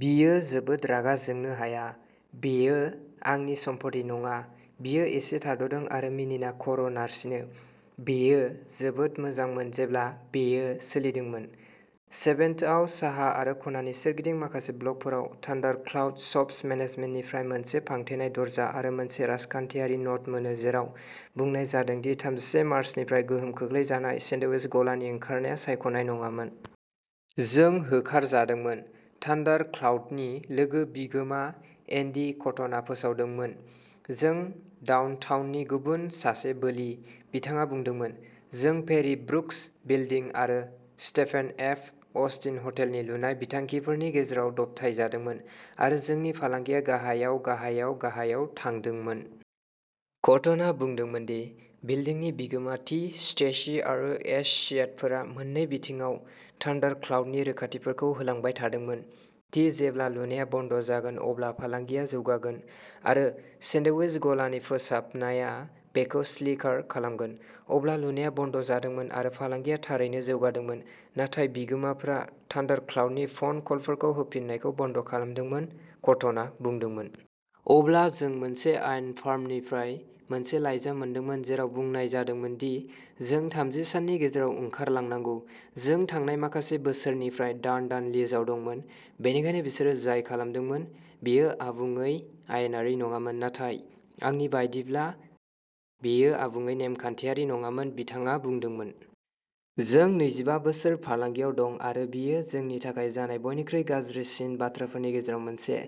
बियो जोबोद रागा जोंनो हाया। बेयो आंनि सम्फथि नङा। "बियो एसे थाद'दों आरो मिनिना खर'नारसिनो।" बेयो जोबोद मोजांमोन जेब्ला बेयो सोलिदोंमोन। सेभेन्थआव साहा आरो ख'नानि सोरगिदिं माखासे ब्लकफोराव, थान्डारक्लाउड सब्स मेनेजमेन्टनिफ्राय मोनसे फांथेनाय दरजा आरो मोनसे राजखानथियारि न'ट मोनो, जेराव बुंनाय जादों दि थामजिसे मार्चनिफ्राय गोहोम खोख्लैजानाय सेन्डविच गलानि ओंखारनाया सायख'नाय नङामोन।" जों होखारजादोंमोन ", थान्डारक्लाउडनि लोगो-बिगोमा एन्डि कटनआ फोसावदोंमोन। " जों डाउनटाउननि गुबुन सासे बोलि ", बिथाङा बुंदोंमोन।" जों पेरी ब्रुक्स बिल्दिं आरो स्टेफेन एफ. अस्टिन हटेलनि लुनाय बिथांखिफोरनि गेजेराव दबथायजादोंमोन, आरो जोंनि फालांगिया गाहायाव, गाहायाव, गाहायाव थांदोंमोन। "कटनआ बुंदोंमोन दि बिल्दिंनि बिगोमा, टी. स्टेसी आरो एस'सिएटफोरा मोन्नै बिथिङाव थान्डारक्लाउडनि रोखाथिफोरखौ होलांबाय थादोंमोनः दि जेब्ला लुनाया बन्द जागोन अब्ला फालांगिया जौगागोन आरो सेन्डविच गलानि फोसाबनाया" बेखौ स्लिकार खालामगोन "। अब्ला, लुनाया बन्द'जादोंमोन आरो फालांगिया थारैनो जौगादोंमोन, नाथाय बिगोमाफोरा थान्डारक्लाउडनि फन कलफोरखौ होफिन्नायखौ बन्द'खालामदोंमोन, कटनआ बुंदोंमोन। अब्ला जों मोनसे आयेन फार्मनिफ्राय मोनसे लाइजाम मोनदोंमोन, जेराव बुंनाय जादोंमोन दि जों थामजि साननि गेजेराव ओंखारलांनांगौ। जों थांनाय माखासे बोसोरनिफ्राय दान-दान लिजआव दंमोन, बेनिखायनो बिसोरो जाय खालामदोंमोन बेयो आबुङै आयेनारि नङामोन, नाथाय आंनि बायदिब्ला बेयो आबुङै नेमखान्थियारि नङामोन", बिथाङा बुंदोंमोन। जों नैजिबा बोसोर फालांगियाव दं आरो बेयो जोंनि थाखाय जानाय बयनिख्रुइ गाज्रिसिन बाथ्राफोरनि गेजेराव मोनसे।"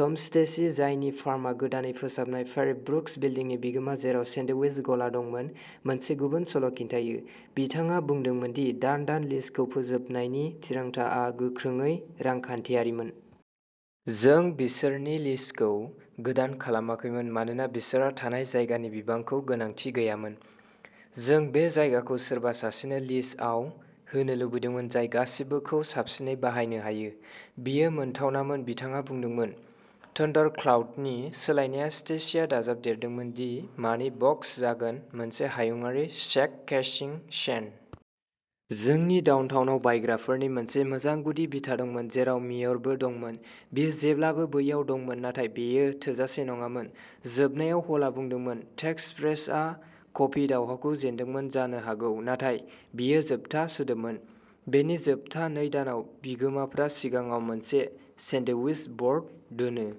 टम स्टेसी, जायनि फार्मआ गोदानै फोसाबनाय पेरी ब्रुक्स बिल्डिंनि बिगोमा, जेराव सेन्डविच गला दंमोन, मोनसे गुबुन सल'खिन्थायो। बिथाङा बुंदोंमोन दि दान-दान लिजखौ फोजोबनायनि थिरांथाआ गोख्रोङै रांखान्थियारिमोन। "जों बिसोरनि लिजखौ गोदान खालामाखैमोन मानोना बिसोरहा थानाय जायगानि बिबांखौ गोनांथि गैयामोन। जों बे जायगाखौ सोरबा सासेनो लिजआव होनो लुबैदोंमोन जाय गासिबोखौ साबसिनै बाहायनो हायो। बेयो मोनथावनामोन ", बिथाङा बुंदोंमोन। थन्डारक्लाउडनि सोलायनाया, स्टेसिया दाजाबदेरदोंमोन, दि मानि बक्स जागोन, मोनसे हायुंआरि चेक-केशिं चेन। जोंनि डाउनटाउनआव बायग्राफोरनि मोनसे मोजां गुदि बिथा दंमोन, जेराव मेयरबो दंमोन-- बियो जेब्लाबो बैयाव दंमोन-- नाथाय बेयो थोजासे नङामोन। "जोबनायाव, हलआ बुंदोंमोन, टेक्सस्प्रेस'आ कफि दावहाखौ जेनदोंमोन जानो हागौ, नाथाय बेयो जोबथा सोदोबमोन। बेनि जोबथा नै दानाव, बिगोमाफोरा सिगाङाव मोनसे सेन्डविच ब'र्ड दोनो।